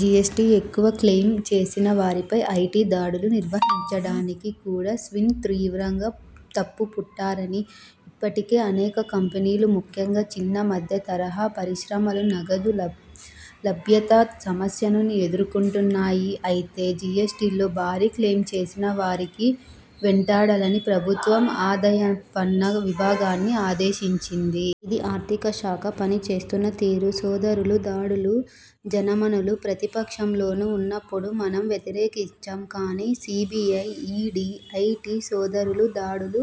జీఎస్టీలో ఎక్కువ క్లెయిమ్ చేసిన వారిపై ఐటీ దాడులు నిర్వహించడాన్ని కూడా సిన్హా తీవ్రంగా తప్పుపట్టారు. ''ఇప్పటికే అనేక కంపెనీలు, ముఖ్యంగా చిన్న, మధ్య తరహా పరిశ్రమలు నగదు లభ్యత సమస్యను ఎదుర్కొంటున్నాయి. అయితే జీఎస్టీలో భారీ క్లెయిమ్లు చేసిన వారిని వెంటాడాలని ప్రభుత్వం ఆదాయపన్ను విభాగాన్ని ఆదేశించింది. ఇది ఆర్థిక శాఖ పనిచేస్తున్న తీరు. సోదాలు, దాడుల జనమనులు ప్రతిపక్షంలో ఉన్నప్పుడు మనం వ్యతిరేకించాం. కానీ సీబీఐ, ఈడీ, ఐటీ సోదాలు, దాడులు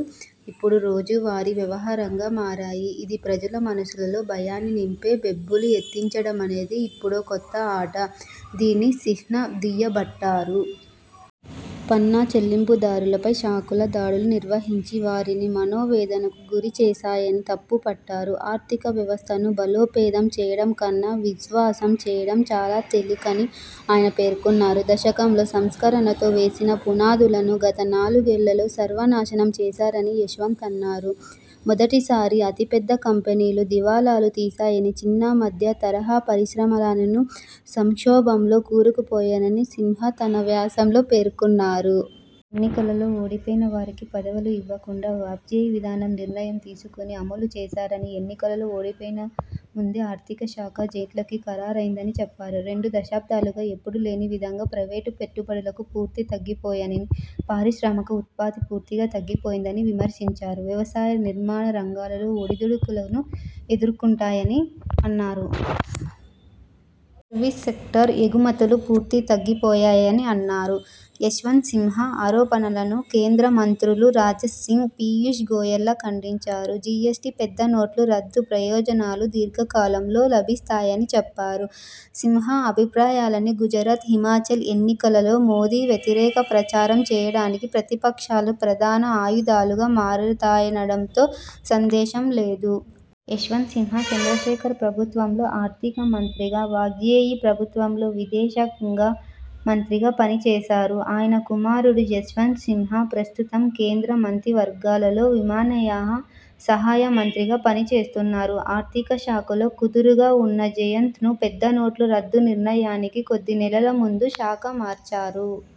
ఇప్పుడు రోజువారీ వ్యవహారంగా మారాయి. ఇది ప్రజల మనస్సుల్లో భయాన్ని నింపి బేంబేలు ఎత్తించడమనేది ఇప్పుడో కొత్త ఆట '' అని సిన్హా దియాబట్టారు. పన్ను చెల్లింపుదారులపై శాఖలు దాడులు నిర్వహించి వారిని మనోవేదనకు గురి చేసాయాని తప్పు పట్టారు. ఆర్ధిక వ్యవస్థను బలోపేతం చేయడం కన్నా విశ్వాసం చేయడం చాలా తేలికని ఆయన పేర్కొన్నారు. దశకంలో సంస్కరణలతో వేసిన పునాదులను గత నాలుగేళ్లలో సర్వనాశనం చేశారని యశ్వంత్ అన్నారు. మొదటిసారి అతిపెద్ద కంపెనీలు దివాలాలు తీశాయని, చిన్న, మధ్య తరహా పరిశ్రమలన్నీ సంక్షోభంలో కూరుకుపోయాయని సిన్హా తన వ్యాసంలో పేర్కొన్నారు. ఎన్నికల్లో ఓడిన వారికి పదవులు ఇవ్వకుండా వాజ్పేయి విధాన నిర్ణయం తీసుకుని, అమలు చేశారని, ఎన్నికల్లో ఓడిపోయినా ముందే ఆర్థిక శాఖ జైట్లీకి ఖరారైందని చెప్పారు. రెండు దశాబ్దాలుగా ఎప్పుడూ లేనివిధంగా ప్రైవేటు పెట్టుబడులు పూర్తిగా తగ్గిపోయాయని, పారిశ్రామిక ఉత్పత్తి పూర్తిగా తగ్గిపోయిందని విమర్శించారు. వ్యవసాయ, నిర్మాణ రంగాలు ఒడిదుడుకులను ఎదుర్కొంటున్నాయని అన్నారు. సర్వీస్ సెక్టార్, ఎగుమతులు పూర్తిగా తగ్గిపోయాయని అన్నారు. యశ్వంత్ సిన్హా ఆరోపణలను కేంద్ర మంత్రులు రాజ్నాథ్సింగ్, పియూష్ గోయల్లు ఖండించారు. జీఎస్టీ, పెద్ద నోట్ల రద్దు ప్రయోజనాలు దీర్ఘకాలంలో లభిస్తాయని చెప్పారు. సిన్హా అభిప్రాయాలు గుజరాత్, హిమాచల్ ఎన్నికల్లో మోదీ వ్యతిరేక ప్రచారం చేయడానికి ప్రతిపక్షాలకు ప్రధాన ఆయుధాలుగా మారతాయనడంలో సందేహం లేదు. యశ్వంత్ సిన్హా చంద్రశేఖర్ ప్రభుత్వంలో ఆర్థిక మంత్రిగా, వాజేయి ప్రభుత్వంలో విదేశాంగ మంత్రిగా పనిచేశారు. ఆయన కుమారుడు జశ్వంత్ సిన్హా ప్రస్తుతం కేంద్ర మంత్రివర్గంలో విమానయా సహాయ మంత్రిగా పని చేస్తున్నారు. ఆర్థిక శాఖలో కుదురుగా ఉన్న జయంత్ను పెద్దనోట్ల రద్దు నిర్ణయానికి కొద్ది నెలల ముందు శాఖ మార్చారు.